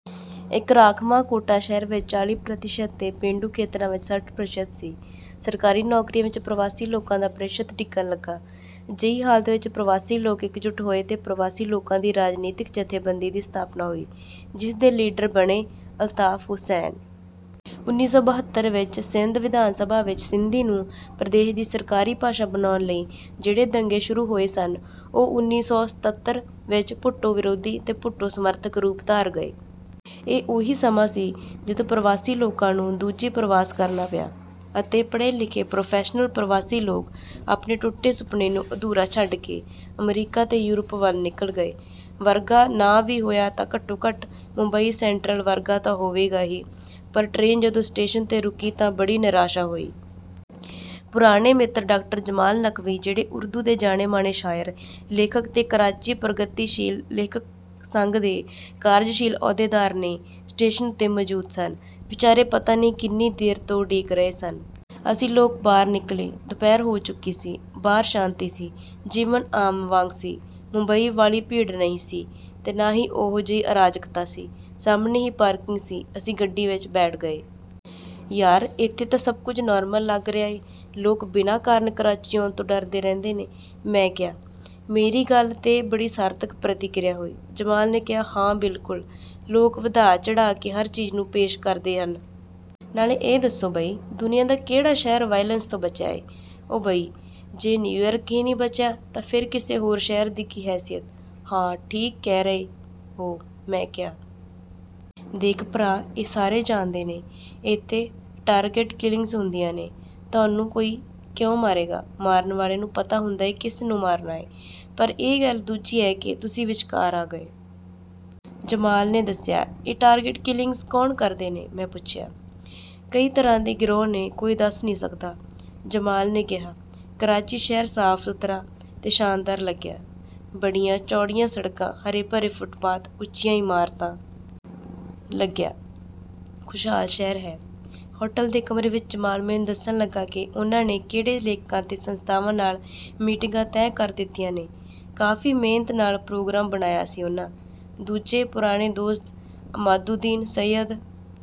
ਇਹ ਰਾਖਵਾਂ ਕੋਟਾ ਸ਼ਹਿਰ ਵਿੱਚ ਚਾਲੀ ਪ੍ਰਤੀਸ਼ਤ ਤੇ ਪੇਂਡੂ ਖੇਤਰਾਂ ਵਿੱਚ ਸੱਠ ਪ੍ਰਤੀਸ਼ਤ ਸੀ। ਸਰਕਾਰੀ ਨੌਕਰੀਆਂ ਵਿੱਚ ਪਰਵਾਸੀ ਲੋਕਾਂ ਦਾ ਪ੍ਰਤੀਸ਼ਤ ਡਿੱਗਣ ਲੱਗਾ। ਅਜਿਹੀ ਹਾਲਤ ਵਿੱਚ ਪਰਵਾਸੀ ਲੋਕ ਇੱਕਜੁੱਟ ਹੋਏ ਤੇ ਪਰਵਾਸੀ ਲੋਕਾਂ ਦੀ ਰਾਜਨੀਤਿਕ ਜਥੇਬੰਦੀ ਦੀ ਸਥਾਪਨਾ ਹੋਈ, ਜਿਸ ਦੇ ਲੀਡਰ ਬਣੇ ਅਲਤਾਫ਼ ਹੁਸੈਨ। ਉੱਨੀ ਸੌ ਬਹੱਤਰ ਵਿੱਚ ਸਿੰਧ ਵਿਧਾਨ ਸਭਾ ਵਿੱਚ ਸਿੰਧੀ ਨੂੰ ਪ੍ਰਦੇਸ਼ ਦੀ ਸਰਕਾਰੀ ਭਾਸ਼ਾ ਬਣਾਉਣ ਲਈ ਜਿਹੜੇ ਦੰਗੇ ਸ਼ੁਰੂ ਹੋਏ ਸਨ, ਉਹ ਉੱਨੀ ਸੌ ਸਤੱਤਰ ਵਿੱਚ ਭੁੱਟੋ ਵਿਰੋਧੀ ਤੇ ਭੁੱਟੋ ਸਮਰਥਕ ਰੂਪ ਧਾਰ ਗਏ। ਇਹੀ ਉਹ ਸਮਾਂ ਸੀ, ਜਦੋਂ ਪਰਵਾਸੀ ਲੋਕਾਂ ਨੂੰ ਦੂਜੀ ਪਰਵਾਸ ਕਰਨਾ ਪਿਆ ਤੇ ਪੜ੍ਹੇ-ਲਿਖੇ ਪ੍ਰੋਫੈਸ਼ਨਲ ਪਰਵਾਸੀ ਲੋਕ ਆਪਣੇ ਟੁੱਟੇ ਸੁਪਨੇ ਨੂੰ ਅਧੂਰਾ ਛੱਡ ਕੇ ਅਮਰੀਕਾ ਤੇ ਯੂਰਪ ਵੱਲ ਨਿਕਲ ਗਏ। ਵਰਗਾ ਨਾ ਵੀ ਹੋਇਆ ਤਾਂ ਘੱਟੋ-ਘੱਟ ਮੁੰਬਈ ਸੈਂਟਰਲ ਵਰਗਾ ਤਾਂ ਹੋਵੇਗਾ ਹੀ, ਪਰ ਟਰੇਨ ਜਦੋਂ ਸਟੇਸ਼ਨ 'ਤੇ ਰੁਕੀ ਤਾਂ ਬੜੀ ਨਿਰਾਸ਼ਾ ਹੋਈ। ਪੁਰਾਣੇ ਮਿੱਤਰ ਡਾ. ਜਮਾਲ ਨਕਵੀ, ਜਿਹੜੇ ਉਰਦੂ ਦੇ ਜਾਣੇ-ਮਾਣੇ ਸ਼ਾਇਰ, ਲੇਖਕ ਤੇ ਕਰਾਚੀ ਪ੍ਰਗਤੀਸ਼ੀਲ ਲੇਖਕ ਸੰਘ ਦੇ ਕਾਰਜਸ਼ੀਲ ਅਹੁਦੇਦਾਰ ਨੇ, ਸਟੇਸ਼ਨ ਉੱਤੇ ਮੌਜੂਦ ਸਨ। ਵਿਚਾਰੇ ਪਤਾ ਨਹੀਂ ਕਿੰਨੀ ਦੇਰ ਤੋਂ ਉਡੀਕ ਰਹੇ ਸਨ। ਅਸੀਂ ਲੋਕ ਬਾਹਰ ਨਿਕਲੇ। ਦੁਪਹਿਰ ਹੋ ਚੁੱਕੀ ਸੀ। ਬਾਹਰ ਸ਼ਾਂਤੀ ਸੀ। ਜੀਵਨ ਆਮ ਵਾਂਗ ਸੀ। ਮੁੰਬਈ ਵਾਲੀ ਭੀੜ ਨਹੀਂ ਸੀ ਤੇ ਨਾ ਹੀ ਓਹੋ-ਜਿਹੀ ਅਰਾਜਕਤਾ ਸੀ। ਸਾਹਮਣੇ ਹੀ ਪਾਰਕਿੰਗ ਸੀ। ਅਸੀਂ ਗੱਡੀ ਵਿੱਚ ਬੈਠ ਗਏ। "ਯਾਰ, ਇੱਥੇ ਤਾਂ ਸਭ ਕੁਝ ਨਾਰਮਲ ਲੱਗ ਰਿਹਾ ਏ। ਲੋਕ ਬਿਨਾਂ ਕਾਰਨ ਕਰਾਚੀ ਆਉਣ ਤੋਂ ਡਰਦੇ ਰਹਿੰਦੇ ਨੇ।" ਮੈਂ ਕਿਹਾ। ਮੇਰੀ ਗੱਲ 'ਤੇ ਬੜੀ ਸਾਰਥਕ ਪ੍ਰਤੀਕ੍ਰਿਆ ਹੋਈ। ਜਮਾਲ ਨੇ ਕਿਹਾ, "ਹਾਂ, ਬਿਲਕੁਲ। ਲੋਕ ਵਧਾ-ਚੜ੍ਹਾ ਕੇ ਹਰ ਚੀਜ਼ ਨੂੰ ਪੇਸ਼ ਕਰਦੇ ਨੇ। ਨਾਲੇ ਇਹ ਦੱਸੋ ਬਈ ਦੁਨੀਆਂ ਦਾ ਕਿਹੜਾ ਸ਼ਹਿਰ 'ਵਾਇਲੈਂਸ' ਤੋਂ ਬਚਿਆ ਏ? ਓ ਬਈ... ਜੇ ਨਿਊਯਾਰਕ ਹੀ ਨਹੀਂ ਬਚਿਆ, ਤਾਂ ਫੇਰ ਕਿਸੇ ਹੋਰ ਸ਼ਹਿਰ ਦੀ ਕੀ ਹੈਸੀਅਤ...।" "ਹਾਂ, ਠੀਕ ਕਹਿ ਰਹੇ ਓ।" ਮੈਂ ਕਿਹਾ। "ਦੇਖ ਭਰਾ... ਇਹ ਸਾਰੇ ਜਾਣਦੇ ਨੇ... ਇੱਥੇ 'ਟਾਰਗੇਟ ਕਿਲਿੰਗਸ' ਹੁੰਦੀਆਂ ਨੇ। ਤੁਹਾਨੂੰ ਕੋਈ ਕਿਉਂ ਮਾਰੇਗਾ? ਮਾਰਨ ਵਾਲਿਆਂ ਨੂੰ ਪਤਾ ਹੁੰਦਾ ਏ ਕਿਸ ਨੂੰ ਮਾਰਨਾ ਏ, ਪਰ ਇਹ ਗੱਲ ਦੂਜੀ ਐ ਕਿ ਤੁਸੀਂ ਵਿਚਕਾਰ ਆ ਗਏ।" ਜਮਾਲ ਨੇ ਦੱਸਿਆ। "ਇਹ ਟਾਰਗੇਟ ਕਿਲਿੰਗਸ ਕੌਣ ਕਰਦੇ ਨੇ?" ਮੈਂ ਪੁੱਛਿਆ। "ਕਈ ਤਰ੍ਹਾਂ ਦੇ ਗਿਰੋਹ ਨੇ... ਕੋਈ ਦੱਸ ਨਹੀਂ ਸਕਦਾ।" ਜਮਾਲ ਨੇ ਕਿਹਾ। ਕਰਾਚੀ ਸ਼ਹਿਰ ਸਾਫ਼-ਸੁਥਰਾ ਤੇ ਸ਼ਾਨਦਾਰ ਲੱਗਿਆ। ਬੜੀਆਂ ਚੌੜੀਆਂ ਸੜਕਾਂ, ਹਰੇ-ਭਰੇ ਫੁਟਪਾਥ, ਉੱਚੀਆਂ ਇਮਾਰਤਾਂ... ਲੱਗਿਆ, ਖ਼ੁਸ਼ਹਾਲ ਸ਼ਹਿਰ ਹੈ। ਹੋਟਲ ਦੇ ਕਮਰੇ ਵਿੱਚ ਜਮਾਲ ਮੈਨੂੰ ਦੱਸਣ ਲੱਗਾ ਕਿ ਉਹਨਾਂ ਨੇ ਕਿਹੜੇ ਲੇਖਕਾਂ ਤੇ ਸੰਸਥਾਵਾਂ ਨਾਲ ਮੀਟਿੰਗਾਂ ਤੈਅ ਕਰ ਦਿੱਤੀਆਂ ਨੇ। ਕਾਫ਼ੀ ਮਿਹਨਤ ਨਾਲ ਪ੍ਰੋਗਰਾਮ ਬਣਾਇਆ ਸੀ ਉਹਨਾਂ। ਦੂਜੇ ਪੁਰਾਣੇ ਦੋਸਤ ਅਮਾਦਉੱਦੀਨ ਸਈਦ...